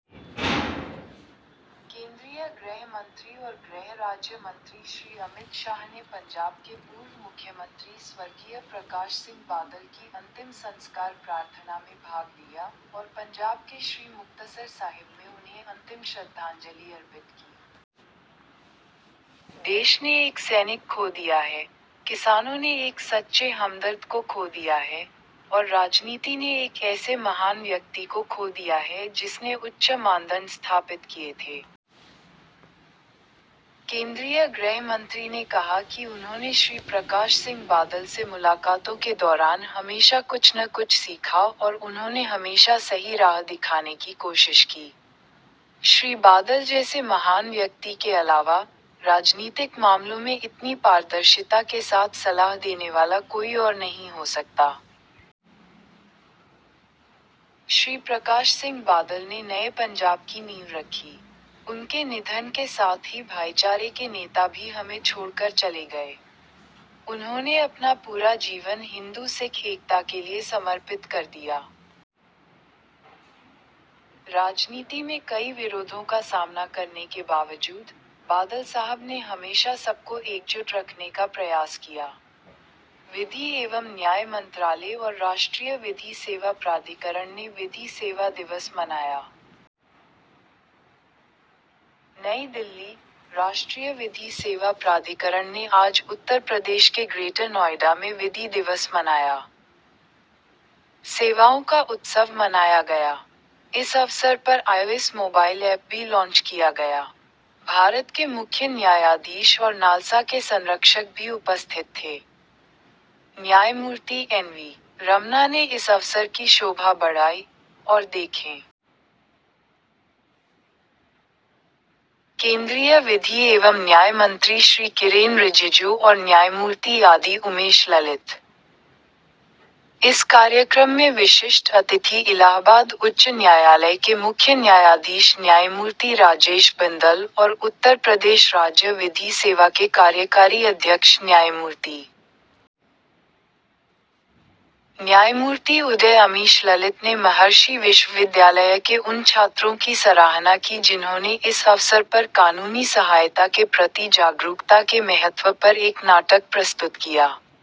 وزارت داخلہ کے مرکزی وزیر داخلہ اور تعاون کے وزیر، جناب امت شاہ نے پنجاب کے سابق وزیر اعلیٰ آنجہانی پرکاش سنگھ بادل کی انتم ارداس میں حصہ لیا اور پنجاب کے سری مکتسر صاحب میں انہیں آخری نذرانۂ عقیدت پیش کیا۔ سپاہی کو کھو دیا ہے، ملک ایک محب وطن سے محروم ہو گیا ہے، کسانوں نے ایک سچے ہمدرد کو کھو دیا ہے اور سیاست نے ایک ایسے عظیم انسان کو کھو دیا ہے جس نے اعلیٰ معیار قائم کیا ہے۔ مرکزی وزیر داخلہ نے کہا کہ انہوں نے جناب پرکاش سنگھ بادل سے ملاقاتوں سے ہمیشہ سیکھا اور انہوں نے ہمیشہ سچا راستہ دکھانے کی کوشش کی۔ جناب بادل جیسے عظیم انسان کے علاوہ کوئی بھی سیاسی زندگی میں اتنی شفافیت کے ساتھ مشورہ نہیں دے سکتا۔ جناب پرکاش سنگھ بادل نے نئے پنجاب کی بنیاد رکھی۔ ان کے انتقال سے بھائی چارے کے سردار بھی ہم سے رخصت ہو گئے۔ انہوں نے اپنی پوری زندگی ہندو سکھ اتحاد کے لیے وقف کر دی۔ سیاست میں کئی مخالفتوں کا سامنا کرنے کے باوجود بادل صاحب نے ہمیشہ سب کو متحد رکھنے کی کوشش کی۔ قانون اور انصاف کی وزارت اور نیشنل لیگل سروسز اتھارٹی نے یوم قانونی خدمات منایا۔ نئی Delhi, national legal services authority نے آج اتر پردیش کے گریٹر نوئیڈا میں یوم قانونی خدمات منایا۔ اس موقع پر I O S mobile app بھی لانچ کیا گیا۔ بھارت کے چیف جسٹس اور نالسا کے سرپرست اعلیٰ، جناب جسٹس این وی رامانا، اس تقریب کے مہمان خصوصی تھے۔ قانون و انصاف کے مرکزی وزیر جناب کرن رجیجو اور جناب جسٹس ادے امیش للت تقریب کے مہمانان اعزازی تھے۔ الٰہ آباد ہائی کورٹ کے چیف جسٹس، جناب جسٹس راجیش بندل، اور UP state legal services authority کے ایگزیکٹو چیئرمین، جناب جسٹس ایم این بھنڈاری، اور بھارت کی سپریم کورٹ کے ججوں، عدالتی افسران وغیرہ سمیت دیگر معززین بھی اس موقع پر موجود تھے۔ جناب جسٹس ادے امیش للت نے مہارشی یونیورسٹی کے طلباء کی ستائش کی، جنہوں نے قانونی امداد سے متعلق بیداری کی اہمیت کے بارے میں اس موقع پر ایک اسکٹ پیش کیا۔